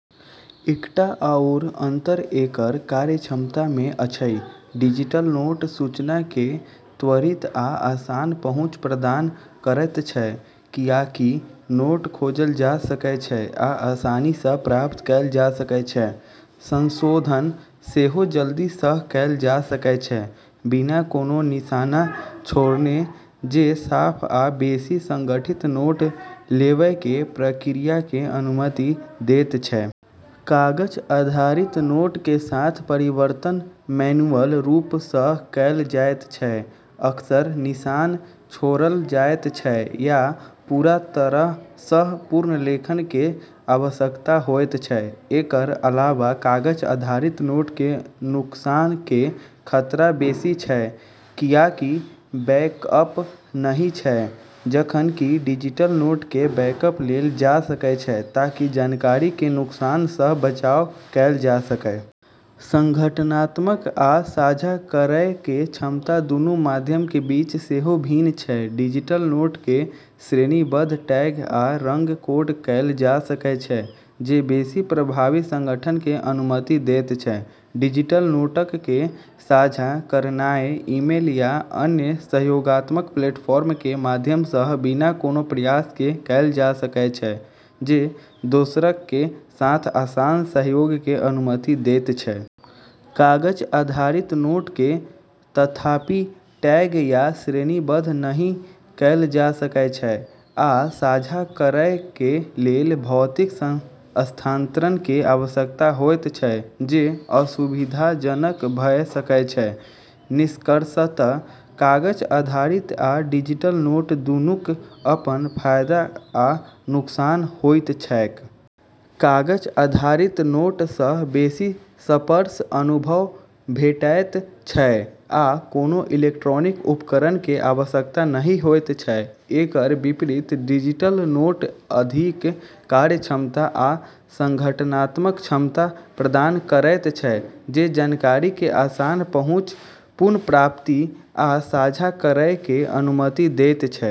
एकटा आओर अंतर एकर कार्यक्षमता मे अछि। डिजिटल नोट सूचना कें त्वरित आ आसान पहुंच प्रदान करयत छै, कियाकि नोट खोजल जा सकय छै आ आसानी सं प्राप्त कैल जा सकय छै. संशोधन सेहो जल्दी सं कैल जा सकय छै, बिना कोनों निशान छोड़ने, जे साफ आ बेसि संगठित नोट लेवय कें प्रक्रिया कें अनुमति देयत छै. कागज आधारित नोटक कें साथ, परिवर्तन मैन्युअल रूप सं कैल जायत छै, अक्सर निशान छोड़ल जायत छै या पूरा तरह सं पुनर्लेखन कें आवश्यकता होयत छै. एकर अलावा कागज आधारित नोट कें नुकसान कें खतरा बेसि छै, कियाकि बैकअप नहि छै, जखन कि डिजिटल नोट कें बैकअप लेल जा सकय छै ताकि जानकारी कें नुकसान सं बचाव कैल जा सकय. संगठनात्मक आ साझा करय कें क्षमता दूनू माध्यमक कें बीच सेहो भिन्न छै. डिजिटल नोट कें श्रेणीबद्ध, टैग आ रंग-कोड कैल जा सकय छै, जे बेसि प्रभावी संगठन कें अनुमति देयत छै. डिजिटल नोटक कें साझा करनाय ईमेल या अन्य सहयोगात्मक प्लेटफॉर्मक कें माध्यम सं बिना कोनों प्रयास कें कैल जा सकय छै, जे दोसरक कें साथ आसान सहयोग कें अनुमति देयत छै. कागज आधारित नोट कें, तथापि, टैग या श्रेणीबद्ध नहि कैल जा सकय छै, आ साझा करय कें लेल भौतिक स्थानांतरण कें आवश्यकता होयत छै, जे असुविधाजनक भ सकय छै. निष्कर्षतः कागज आधारित आ डिजिटल नोट दुनूक अपन फायदा आ नुकसान होइत छैक। कागज आधारित नोट सं बेसि स्पर्श अनुभव भेटैत छै आ कोनों इलेक्ट्रॉनिक उपकरण कें आवश्यकता नहि होयत छै. एकर विपरीत, डिजिटल नोट अधिक कार्यक्षमता आ संगठनात्मक क्षमता प्रदान करयत छै, जे जानकारी कें आसान पहुंच, पुनर्प्राप्ति आ साझा करय कें अनुमति देयत छै.